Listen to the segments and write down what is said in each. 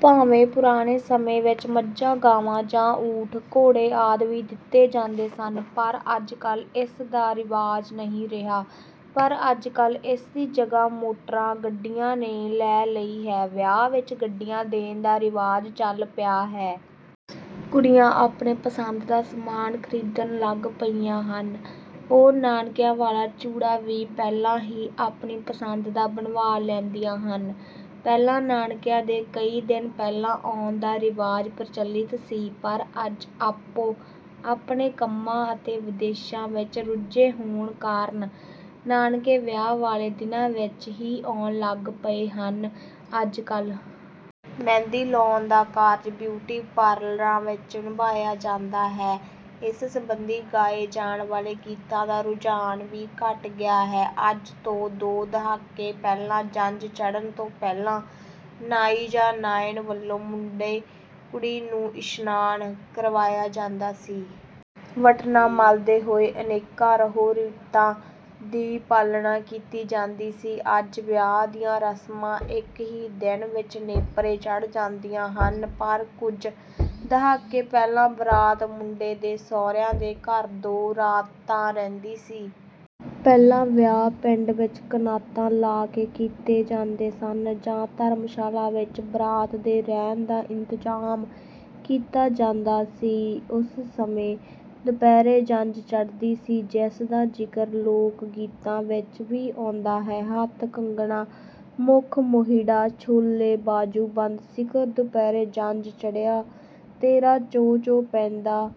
ਭਾਵੇਂ ਪੁਰਾਣੇ ਸਮੇਂ ਵਿੱਚ ਮੱਝਾਂ-ਗਾਵਾਂ ਜਾਂ ਊਠ, ਘੋੜੇ ਆਦਿ ਵੀ ਦਿੱਤੇ ਜਾਂਦੇ ਸਨ, ਪਰ ਅੱਜਕੱਲ੍ਹ ਇਸ ਦਾ ਰਿਵਾਜ ਨਹੀਂ ਰਿਹਾ। ਪਰ ਅੱਜਕੱਲ੍ਹ ਇਸ ਦੀ ਜਗ੍ਹਾ ਮੋਟਰਾਂ-ਗੱਡੀਆਂ ਨੇ ਲੈ ਲਈ ਹੈ। ਵਿਆਹ ਵਿੱਚ ਗੱਡੀਆਂ ਦੇਣ ਦਾ ਰਿਵਾਜ ਚੱਲ ਪਿਆ ਹੈ। ਕੁੜੀਆਂ ਆਪਣੇ ਪਸੰਦ ਦਾ ਸਮਾਨ ਖਰੀਦਣ ਲੱਗ ਪਈਆਂ ਹਨ। ਉਹ ਨਾਨਕਿਆਂ ਵਾਲਾ ਚੂੜਾ ਵੀ ਪਹਿਲਾਂ ਹੀ ਆਪਣੀ ਪਸੰਦ ਦਾ ਬਣਵਾ ਲੈਂਦੀਆਂ ਹਨ। ਪਹਿਲਾਂ ਨਾਨਕਿਆਂ ਦੇ ਕਈ ਦਿਨ ਪਹਿਲਾਂ ਆਉਣ ਦਾ ਰਿਵਾਜ ਪ੍ਰਚਲਿਤ ਸੀ, ਪਰ ਅੱਜ ਆਪੋ-ਆਪਣੇ ਕੰਮਾਂ ਅਤੇ ਵਿਦੇਸ਼ਾਂ ਵਿੱਚ ਰੁੱਝੇ ਹੋਣ ਕਾਰਨ ਨਾਨਕੇ ਵਿਆਹ ਵਾਲੇ ਦਿਨਾਂ ਵਿੱਚ ਹੀ ਆਉਣ ਲੱਗ ਪਏ ਹਨ। ਅੱਜਕੱਲ੍ਹ ਮਹਿੰਦੀ ਲਾਉਣ ਦਾ ਕਾਰਜ ਬਿਊਟੀ ਪਾਰਲਰਾਂ ਵਿੱਚ ਨਿਭਾਇਆ ਜਾਂਦਾ ਹੈ। ਇਸ ਸੰਬੰਧੀ ਗਾਏ ਜਾਣ ਵਾਲੇ ਗੀਤਾਂ ਦਾ ਰੁਝਾਨ ਵੀ ਘੱਟ ਗਿਆ ਹੈ। ਅੱਜ ਤੋਂ ਦੋ ਦਹਾਕੇ ਪਹਿਲਾਂ ਜੰਝ ਚੜ੍ਹਨ ਤੋਂ ਪਹਿਲਾਂ ਨਾਈ ਜਾਂ ਨਾਇਣ ਵੱਲੋਂ ਮੁੰਡੇ-ਕੁੜੀ ਨੂੰ ਇਸ਼ਨਾਨ ਕਰਵਾਇਆ ਜਾਂਦਾ ਸੀ। ਵਟਣਾ ਮਲਦੇ ਹੋਏ ਅਨੇਕਾਂ ਰਹੁ-ਰੀਤਾਂ ਦੀ ਪਾਲਣਾ ਕੀਤੀ ਜਾਂਦੀ ਸੀ। ਅੱਜ ਵਿਆਹ ਦੀਆਂ ਰਸਮਾਂ ਇੱਕ ਹੀ ਦਿਨ ਵਿੱਚ ਨੇਪਰੇ ਚੜ੍ਹ ਜਾਂਦੀਆਂ ਹਨ, ਪਰ ਕੁਝ ਦਹਾਕੇ ਪਹਿਲਾਂ ਬਰਾਤ ਮੁੰਡੇ ਦੇ ਸਹੁਰਿਆਂ ਦੇ ਘਰ ਦੋ ਰਾਤਾਂ ਰਹਿੰਦੀ ਸੀ। ਪਹਿਲਾਂ ਵਿਆਹ ਪਿੰਡ ਵਿੱਚ ਕਨਾਤਾਂ ਲਾ ਕੇ ਕੀਤੇ ਜਾਂਦੇ ਸਨ ਜਾਂ ਧਰਮਸ਼ਾਲਾ ਵਿੱਚ ਬਰਾਤ ਦੇ ਰਹਿਣ ਦਾ ਇੰਤਜ਼ਾਮ ਕੀਤਾ ਜਾਂਦਾ ਸੀ। ਉਸ ਸਮੇਂ ਦੁਪਹਿਰੇ ਜੰਝ ਚੜ੍ਹਦੀ ਸੀ, ਜਿਸ ਦਾ ਜ਼ਿਕਰ ਲੋਕ-ਗੀਤਾਂ ਵਿੱਚ ਵੀ ਆਉਂਦਾ ਹੈ ਹੱਥ ਕੰਗਣਾ ਮੁੱਖ ਮੋਹਿੜਾ, ਛੋਲੇ ਬਾਜੂਬੰਦ, ਸਿਖਰ ਦੁਪਹਿਰੇ ਜੰਝ ਚੜ੍ਹਿਆ, ਤੇਰਾ ਚੋਅ-ਚੋਅ ਪੈਂਦਾ,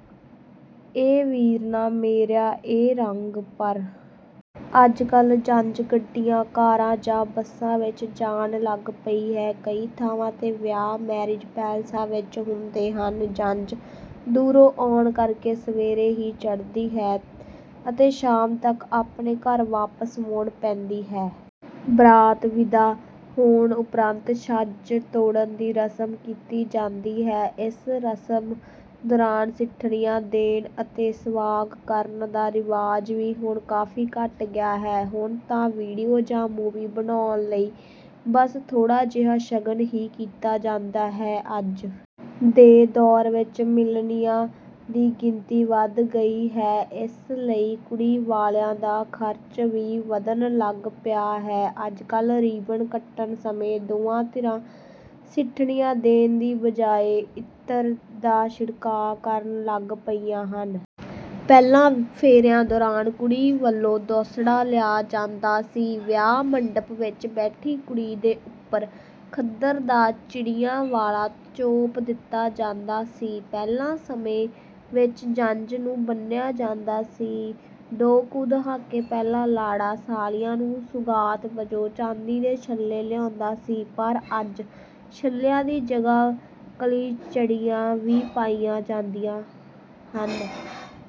ਏ ਵੀਰਨਾ ਮੇਰਿਆ ਏ ਰੰਗ। ਪਰ ਅੱਜਕੱਲ੍ਹ ਜੰਝ ਗੱਡੀਆਂ, ਕਾਰਾਂ ਜਾਂ ਬੱਸਾਂ ਵਿੱਚ ਜਾਣ ਲੱਗ ਪਈ ਹੈ। ਕਈ ਥਾਵਾਂ ’ਤੇ ਵਿਆਹ ਮੈਰਿਜ ਪੈਲੇਸਾਂ ਵਿੱਚ ਹੁੰਦੇ ਹਨ। ਜੰਝ ਦੂਰੋਂ ਆਉਣ ਕਰਕੇ ਸਵੇਰੇ ਹੀ ਚੜ੍ਹਦੀ ਹੈ ਅਤੇ ਸ਼ਾਮ ਤੱਕ ਆਪਣੇ ਘਰ ਵਾਪਸ ਮੁੜ ਪੈਂਦੀ ਹੈ। ਬਰਾਤ ਵਿਦਾ ਹੋਣ ਉਪਰੰਤ ਛੱਜ ਤੋੜਨ ਦੀ ਰਸਮ ਕੀਤੀ ਜਾਂਦੀ ਸੀ। ਇਸ ਰਸਮ ਦੌਰਾਨ ਸਿੱਠਣੀਆਂ ਦੇਣ ਅਤੇ ਸਵਾਂਗ ਕਰਨ ਦਾ ਰਿਵਾਜ ਵੀ ਹੁਣ ਕਾਫ਼ੀ ਘੱਟ ਗਿਆ ਹੈ। ਹੁਣ ਤਾਂ ਵੀਡੀਓ ਜਾਂ ਮੂਵੀ ਬਣਾਉਣ ਲਈ ਬਸ ਥੋੜ੍ਹਾ ਜਿਹਾ ਸ਼ਗਨ ਹੀ ਕੀਤਾ ਜਾਂਦਾ ਹੈ। ਅੱਜ ਦੇ ਦੌਰ ਵਿੱਚ ਮਿਲਣੀਆਂ ਦੀ ਗਿਣਤੀ ਵੱਧ ਗਈ ਹੈ, ਇਸ ਲਈ ਕੁੜੀ ਵਾਲਿਆਂ ਦਾ ਖ਼ਰਚ ਵੀ ਵਧਣ ਲੱਗ ਪਿਆ ਹੈ। ਅੱਜਕੱਲ੍ਹ ਰੀਬਨ ਕੱਟਣ ਸਮੇਂ ਦੋਵੇਂ ਧਿਰਾਂ ਸਿੱਠਣੀਆਂ ਦੇਣ ਦੀ ਬਜਾਇ ਇਤਰ ਦਾ ਛਿੜਕਾਅ ਕਰਨ ਲੱਗ ਪਈਆਂ ਹਨ। ਪਹਿਲਾਂ ਫੇਰਿਆਂ ਦੌਰਾਨ ਕੁੜੀ ਵੱਲੋਂ ਦੋਸੜਾ ਲਿਆ ਜਾਂਦਾ ਸੀ। ਵਿਆਹ ਮੰਡਪ ਵਿੱਚ ਬੈਠੀ ਕੁੜੀ ਦੇ ਉੱਪਰ ਖੱਦਰ ਦਾ ਚਿੜੀਆਂ ਵਾਲਾ ਚੋਪ ਦਿੱਤਾ ਜਾਂਦਾ ਸੀ। ਪਹਿਲਾਂ ਸਮੇਂ ਵਿੱਚ ਜੰਝ ਨੂੰ ਬੰਨ੍ਹਿਆ ਜਾਂਦਾ ਸੀ। ਦੋ ਕੁ ਦਹਾਕੇ ਪਹਿਲਾਂ ਲਾੜਾ ਸਾਲੀਆਂ ਨੂੰ ਸੁਗਾਤ ਵਜੋਂ ਚਾਂਦੀ ਦੇ ਛੱਲੇ ਲਿਆਉਂਦਾ ਸੀ, ਪਰ ਅੱਜ ਛੱਲਿਆਂ ਦੀ ਜਗ੍ਹਾ ਕਲੀਚੜੀਆਂ ਵੀ ਪਾਈਆਂ ਜਾਂਦੀਆਂ ਹਨ।